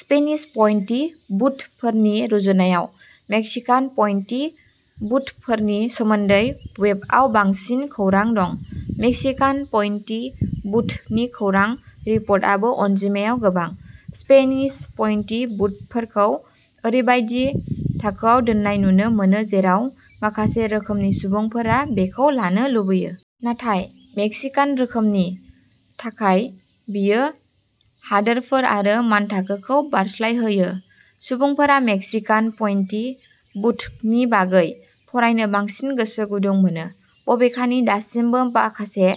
Spanish पइन्टि बुटफोरनि रुजुनायाव मेक्सिकान पइन्टि बुटफोरनि सोमोन्दै वेबआव बांसिन खौरां दं। मेक्सिकान पइन्टि बुटनि खौरां रिपर्टआबो अनजिमायाव गोबां। स्पेनिस पइन्टि बुटफोरखौ ओरैबायदि थाखोआव दोननाय नुनो मोनो जेराव माखासे रोखोमनि सुबुंफोरा बेखौ लानो लुबैयो। नाथाय मेक्सिकान रोखोमनि थाखाय बेयो हादोरफोर आरो मानथाखोखौ बारस्लायहोयो। सुबुंफोरा मेक्सिकान पइन्टि बुटनि बागै फरायनो बांसिन गोसो गुदुं मोनो। बबेखानि दासिमबो माखासे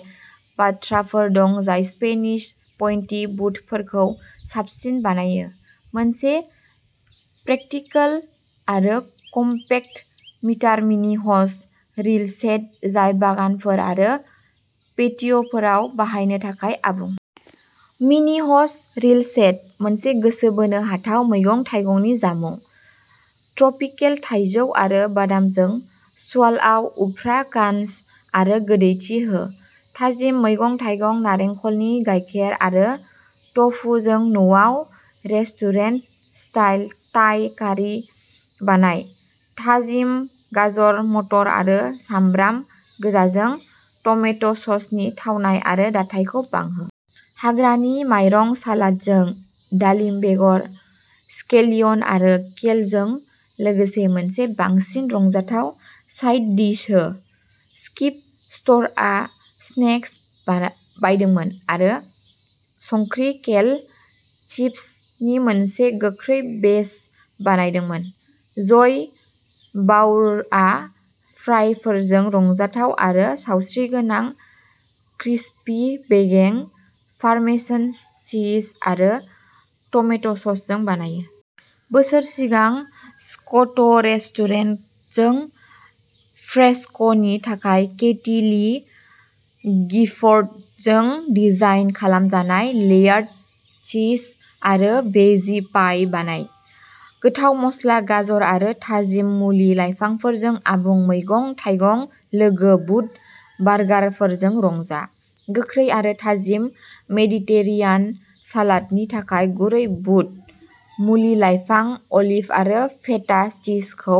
बाथ्राफोर दं जाय स्पेनिश पइन्टि बुटफोरखौ साबसिन बानायो। मोनसे प्रेकटिकल आरो कमपेक्ट मिटार मिनि ह'ज रिल सेट जाय बागानफोर आरो पेटिय'फोराव बाहायनो थाखाय आबुं। Mini hose reel set. मोनसे गोसो बोनो हाथाव मैगं-थाइगंनि जामुं। ट्रपिकेल थाइजौ आरो बादामजों स्लावआव उफ्रा क्रान्च आरो गोदैथि हो। थाजिम मैगं-थाइगं, नालेंखरनि गायखेर आरो टफुजों न'आव रेस्टुरेन्ट-स्टाइल थाइ कारि बानाय। थाजिम गाजर, मटर आरो सामब्राम गोजाजों टमेट'ससनि थावनाय आरो दाथायखौ बांहो। हाग्रानि माइरं सालादजों दालिम बेगर, स्केलियन आरो केलजों लोगोसे मोनसे बांसिन रंजाथाव साइड डिश हो। स्किप स्ट'रआ स्नेक्स बायदोंमोन आरो क्रंची केल चिप्सनि मोनसे गोख्रै बेच बानायदोंमोन। जय बाउरआ फ्राइफोरखौ रंजाथाव-आरो सावस्रिगोनां-क्रिस्पी बेगें, पार्मेसन चीज आरो टमेट'ससजों बानायो। बोसोर सिगां स्क'ट'रेस्टुरेन्टजों फ्रेस्क'नि थाखाय केथी ली गिफर्डजों डिजाइन खालामजानाय लेयार्ड चीज आरो भेजि पाइ बानाय। गोथाव मस्ला, गाजर आरो थाजिम मुलि-लाइफांफोरजों आबुं मैगं-थाइगं-लोगो बुद बार्गारफोरखौ रंजा। गोख्रै आरो थाजिम मेडिटेरेनियान सालादनि थाखाय गुरै बुद, मुलि-लाइफां, अलिभ आरो फेटा चीजखौ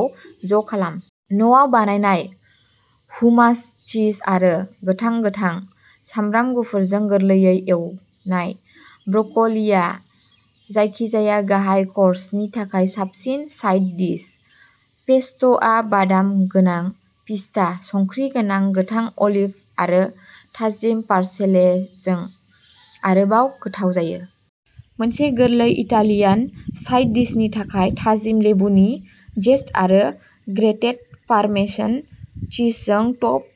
ज'खालाम। न'आव बानायनाय हुमास चीज आरो गोथां गोथां। सामब्राम गुफुरजों गोरलैयै एवनाय ब्रक'लीआ जायखिजाया गाहाय कर्सनि थाखाय साबसिन साइड डिश। पेस्ट'आ बादाम गोनां पिस्ता, संख्रि गोनां गोथां अलिभ आरो थाजिम पार्सलेजों आरोबाव गोथाव जायो। मोनसे गोरलै इटालियान साइड डिशनि थाखाय थाजिम लेबुनि जेस्ट आरो ग्रेटेड पार्मेसन चीजजों टप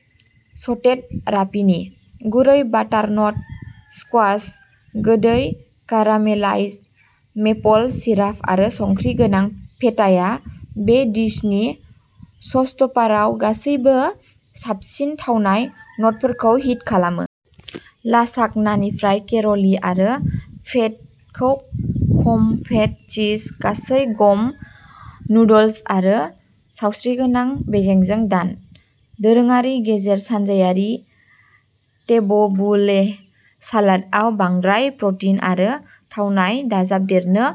सटेड रापिनी। गुरै बाटारनट स्क्वाश, गोदै कारामेलाइज्ड मेपल सिराप आरो संख्रि गोनां फेटाया बे डिशनि श'स्टपाराव गासैबो साबसिन थावनाय न'टफोरखौ हिट खालामो। लासाग्नानिफ्राय केल'रि आरो फेटखौ खम-फेट चीज, गासै-गम नुडल्स आरो सावस्रिगोनां बेगेंजों दान। दोरोङारि गेजेर सानजायारि टेबबुलेह सालादआव बांद्राय प्र'टिन आरो थावनाय दाजाबदेरनो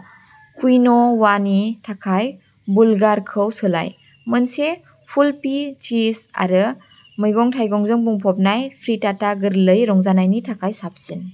क्विन'वानि थाखाय बुलगारखौ सोलाय। मोनसे फुलफि, चीज-आरो मैगं-थाइगंजों बुंफबनाय फ्रिटाटा गोरलै रंजानायनि थाखाय साबसिन।